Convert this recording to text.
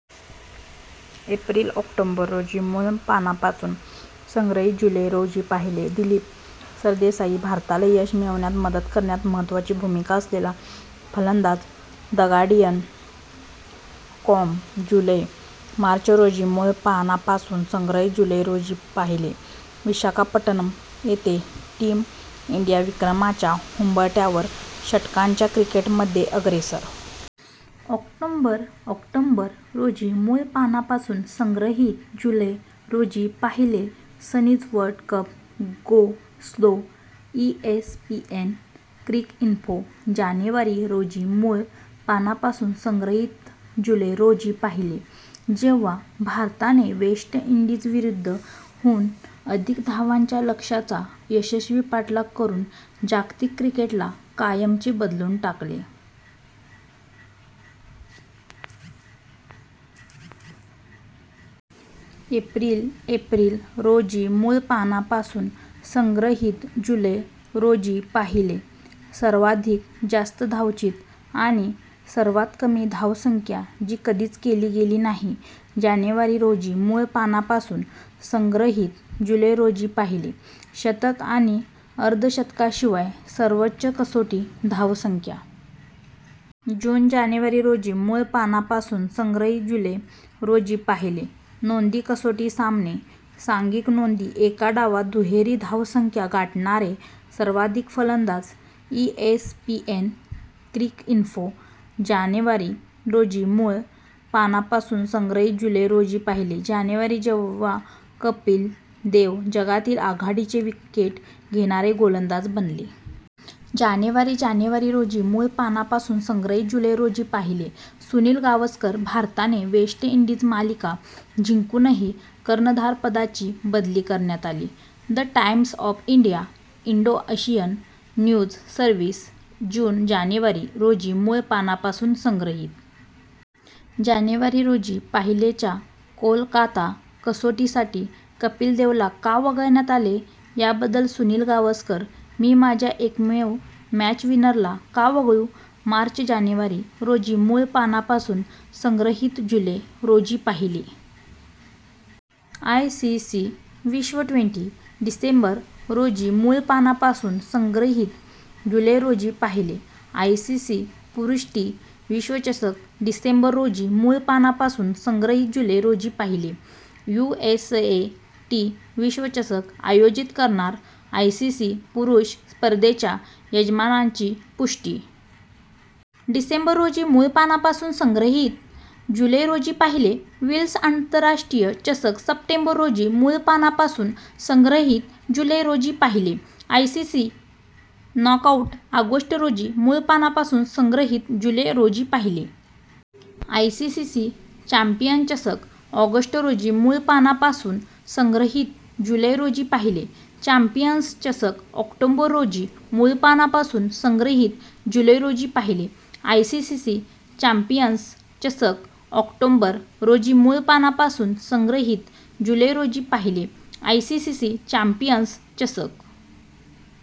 April. October रोजी मूळ पानापासून संग्रहित. जुलै रोजी पाहिले. ^ "दिलीप सरदेसाई, भारताला यश मिळवण्यात मदत करण्यात महत्त्वाची भूमिका असलेला फलंदाज". दगार्डियन. कॉम. जुलै. मार्च रोजी मूळ पानापासून संग्रहित. जुलै रोजी पाहिले. ^ "विशाखापट्टणम येथे टीम इंडिया विक्रमाच्या उंबरठ्यावर, -षटकांच्या क्रिकेटमध्ये अग्रेसर". ऑक्टोबर. ऑक्टोबर रोजी मूळ पानापासून संग्रहित. जुलै रोजी पाहिले. ^ "Sunny's World Cup go slow". ESPN Cricinfo. जानेवारी रोजी मूळ पानापासून संग्रहित. जुलै रोजी पाहिले. ^ "जेव्हा भारताने वेस्ट इंडीजविरुद्ध हून अधिक धावांच्या लक्ष्याचा यशस्वी पाठलाग करून जागतिक क्रिकेटला कायमचे बदलून टाकले". एप्रिल. एप्रिल रोजी मूळ पानापासून संग्रहित. जुलै रोजी पाहिले. ^ "सर्वाधिक जास्त धावचीत, आणि सर्वात कमी धावसंख्या जी कधीच केली गेली नाही". जानेवारी रोजी मूळ पानापासून संग्रहित. जुलै रोजी पाहिले. ^ "शतक आणि अर्धशतकाशिवाय सर्वोच्च कसोटी धावसंख्या". जून. जानेवारी रोजी मूळ पानापासून संग्रहित. जुलै रोजी पाहिले. ^ "नोंदी. कसोटी सामने. सांघिक नोंदी. एका डावात दुहेरी धावसंख्या गाठणारे सर्वाधिक फलंदाज". ESPN Cricinfo. जानेवारी रोजी मूळ पानापासून संग्रहित. जुलै रोजी पाहिले. ^" जानेवारी: जेव्हा कपिल देव जगातील आघाडीचे विकेट घेणारे गोलंदाज बनले". जानेवारी. जानेवारी रोजी मूळ पानापासून संग्रहित. जुलै रोजी पाहिले. ^ "सुनील गावस्कर: भारताने वेस्ट इंडीज मालिका जिंकूनही कर्णधारपदाची बदली करण्यात आली". The Times of India. Indo-Asian news service. June. जानेवारी रोजी मूळ पानापासून संग्रहित. जानेवारी रोजी पाहिले. ^" च्या कोलकाता कसोटीसाठी कपिल देवला का वगळण्यात आले याबद्दल सुनील गावस्कर: 'मी माझ्या एकमेव मॅचविनरला का वगळू '". मार्च. जानेवारी रोजी मूळ पानापासून संग्रहित. जुलै रोजी पाहिले. ^ "आय. सी. सी. विश्व ट्वेंटी ". डिसेंबर रोजी मूळ पानापासून संग्रहित. जुलै रोजी पाहिले. ^ "आयसीसी पुरुष टी विश्वचषक /". डिसेंबर रोजी मूळ पानापासून संग्रहित. जुलै रोजी पाहिले. ^ "यूएसए टी विश्वचषक आयोजित करणार: आयसीसी पुरुष स्पर्धेच्या यजमानांची पुष्टी". डिसेंबर रोजी मूळ पानापासून संग्रहित. जुलै रोजी पाहिले. ^ "विल्स आंतरराष्ट्रीय चषक /". सप्टेंबर रोजी मूळ पानापासून संग्रहित. जुलै रोजी पाहिले. ^ "आयसीसी नॉकआऊट, ". ऑगस्ट रोजी मूळ पानापासून संग्रहित. जुलै रोजी पाहिले. ^ "आयसीसी चॅम्पियन्स चषक /". ऑगस्ट रोजी मूळ पानापासून संग्रहित. जुलै रोजी पाहिले. ^" चॅम्पियन्स चषक". ऑक्टोबर रोजी मूळ पानापासून संग्रहित. जुलै रोजी पाहिले. ^ "आयसीसी चॅम्पियन्स चषक /". ऑक्टोबर रोजी मूळ पानापासून संग्रहित. जुलै रोजी पाहिले. ^ "आयसीसी चॅम्पियन्स चषक /".